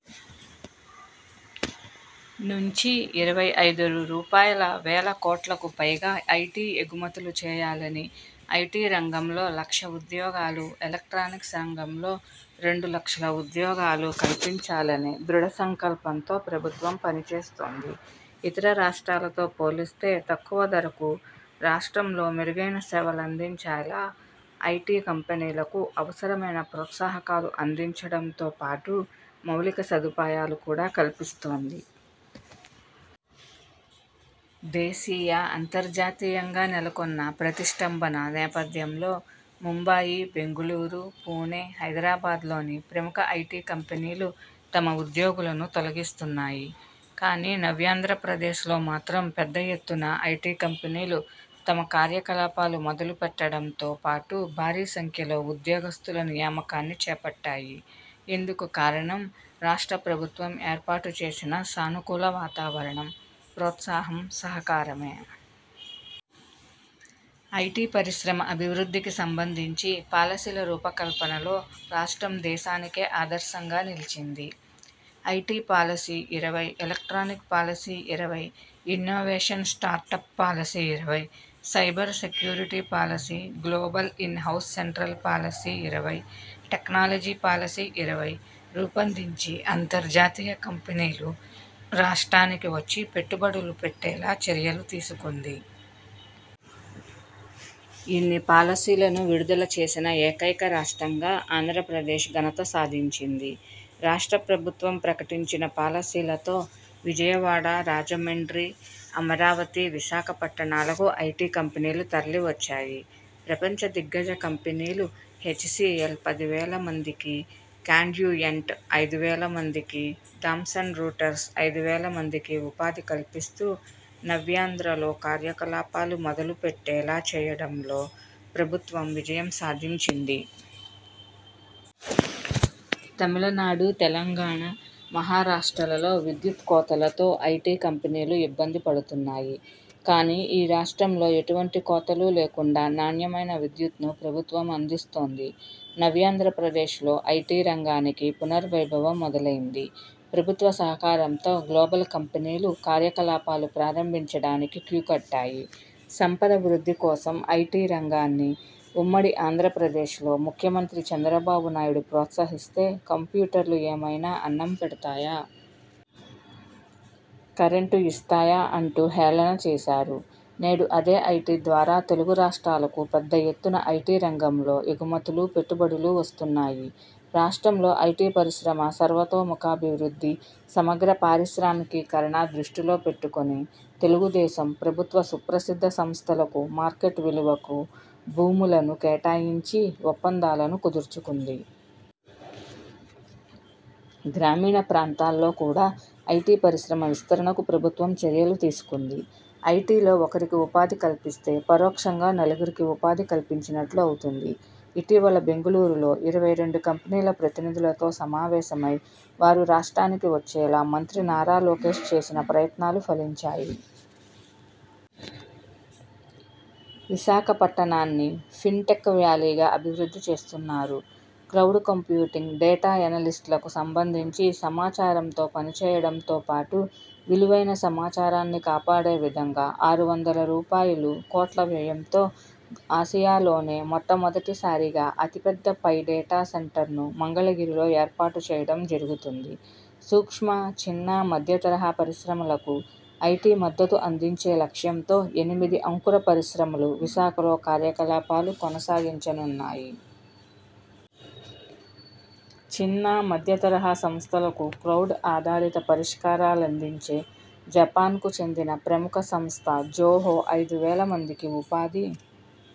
నుంచి ఇరవై ఐదు రూపాయలువేల కోట్లకు పైగా ఐటీ ఎగుమతులు చేయాలని, ఐటీ రంగంలో లక్ష ఉద్యోగాలు, ఎలక్ట్రానిక్స్ రంగంలో రెండు లక్షల ఉద్యోగాలు కల్పించాలనే దృఢ సంకల్పంతో ప్రభుత్వం పనిచేస్తోంది. ఇతర రాష్ట్రాలతో పోలిస్తే తక్కువ ధరకు రాష్ట్రంలో మెరుగైన సేవలందించేలా ఐటీ కంపెనీలకు అవసరమైన ప్రోత్సాహకాలు అందించడంతో పాటు మౌలిక సదుపాయాలు కూడా కల్పిస్తోంది. దేశీయ, అంతర్జాతీయంగా నెలకొన్న ప్రతిష్టంభన నేపథ్యంలో ముంబాయి, బెంగుళూరు, పూణె, హైదరాబాద్లోని ప్రముఖ ఐటీ కంపెనీలు తమ ఉద్యోగులను తొలగిస్తున్నాయి. కానీ నవ్యాంధ్రప్రదేశ్లో మాత్రం పెద్ద ఎత్తున ఐటీ కంపెనీలు తమ కార్యకలాపాలు మొదలుపెట్టడంతో పాటు భారీ సంఖ్యలో ఉద్యోగస్తుల నియామకాన్ని చేపట్టాయి. ఇందుకుకారణం రాష్ట్ర ప్రభుత్వం ఏర్పాటుచేసిన సానుకూల వాతావరణం, ప్రోత్సాహం సహకారమే. ఐటీ పరిశ్రమ అభివృద్ధికి సంబంధించి పాలసీల రూపకల్పనలో రాష్ట్రం దేశానికే ఆదర్శంగా నిలిచింది. ఐటీ పాలసీ –ఇరవై, ఎలక్ట్రానిక్ పాలసీ –ఇరవై, ఇన్నోవేషన్ స్టార్టప్ పాలసీ –ఇరవై, cyber security policy, global in house central policy –ఇరవై, టెక్నాలజీ పాలసీ –ఇరవై రూపొందించి అంతర్జాతీయ కంపెనీలు రాష్ట్రానికి వచ్చి పెట్టుబడులు పెట్టేలా చర్యలు తీసుకుంది. ఇన్ని పాలసీలను విడుదల చేసిన ఏకైక రాష్ట్రంగా ఆంధ్రప్రదేశ్ ఘనత సాధించింది. రాష్ట్ర ప్రభుత్వం ప్రకటించిన పాలసీలతో విజయవాడ, రాజమండ్రి, అమరావతి, విశాఖ పట్టణాలకు ఐటీ కంపెనీలు తరలివచ్చాయి. ప్రపంచ దిగ్గజ కంపెనీలు హెచ్సీఎల్ పదివేల మందికి, కాండ్యుయంట్ ఐదువేల మందికి, థామ్సన్ రూటర్స్ ఐదువేల మందికి ఉపాధి కల్పిస్తూ నవ్యాంధ్రలో కార్యకలాపాలు మొదలుపెట్టేలా చేయడంలో ప్రభుత్వం విజయం సాధించింది. తమిళనాడు, తెలంగాణ, మహారాష్ట్రలలో విద్యుత్ కోతలతో ఐటీ కంపెనీలు ఇబ్బంది పడుతున్నాయి. కానీ ఈ రాష్ట్రంలో ఎటువంటి కోతలు లేకుండా నాణ్యమైన విద్యుత్ను ప్రభుత్వం అందిస్తోంది. నవ్యాంధ్రప్రదేశ్లో ఐటీ రంగానికి పునర్వైభవం మొదలైంది. ప్రభుత్వ సహకారంతో గ్లోబల్ కంపెనీలు కార్యకలాపాలు ప్రారంభించడానికి క్యూ కట్టాయి. సంపద వృద్ధి కోసం ఐటీ రంగాన్ని ఉమ్మడి ఆంధ్రప్రదేశ్లో ముఖ్యమంత్రి చంద్రబాబునాయుడు ప్రోత్సహిస్తే కంప్యూటర్లు ఏమైనా అన్నం పెడతాయా? కరెంటు ఇస్తాయా? అంటూ హేళన చేశారు. నేడు అదే ఐటీ ద్వారా తెలుగు రాష్ట్రాలకు పెద్ద ఎత్తున ఐటీ రంగంలో ఎగుమతులు, పెట్టుబడులు వస్తున్నాయి. రాష్ట్రంలో ఐటీ పరిశ్రమ సర్వతోముఖాభివృద్ధి, సమగ్ర పారిశ్రామికీకరణ దృష్టిలో పెట్టుకొని తెలుగుదేశం ప్రభుత్వ సుప్రసిద్ధ సంస్థలకు మార్కెట్ విలువకు భూములను కేటాయించి ఒప్పందాలను కుదుర్చుకుంది. గ్రామీణ ప్రాంతాల్లో కూడా ఐటీ పరిశ్రమ విస్తరణకు ప్రభుత్వం చర్యలు తీసుకుంది. ఐటీలో ఒకరికి ఉపాధి కల్పిస్తే పరోక్షంగా నలుగురికి ఉపాధి కల్పించినట్లు అవుతుంది. ఇటీవల బెంగుళూరులో ఇరవై రెండు కంపెనీల ప్రతినిధులతో సమావేశమై వారు రాష్ట్రానికి వచ్చేలా మంత్రి నారా లోకేశ్ చేసిన ప్రయత్నాలు ఫలించాయి. విశాఖపట్టణాన్ని ఫిన్టెక్ వ్యాలీగా అభివృద్ధి చేస్తున్నారు. క్లౌడ్ కంప్యూటింగ్, డేటా ఎనలిస్ట్లకు సంబంధించి సమాచారంతో పనిచేయడంతో పాటు విలువైన సమాచారాన్ని కాపాడే విధంగా ఆరు వందల రూపాయలుకోట్ల వ్యయంతో ఆసియాలోనే మొట్టమొదటిసారిగా అతి పెద్ద పై డేటా సెంటర్ను మంగళగిరిలో ఏర్పాటు చేయడం జరుగుతుంది. సూక్ష్మ, చిన్న, మధ్యతరహా పరిశ్రమలకు ఐటీ మద్దతు అందించే లక్ష్యంతో ఎనిమిది అంకుర పరిశ్రమలు విశాఖలో కార్యకలాపాలు కొనసాగించనున్నాయి. చిన్న, మధ్య తరహా సంస్థలకు క్లౌడ్ ఆధారిత పరిష్కారాలందించే జపాన్కు చెందిన ప్రముఖ సంస్థ జోహో ఐదు వేల మందికి ఉపాధి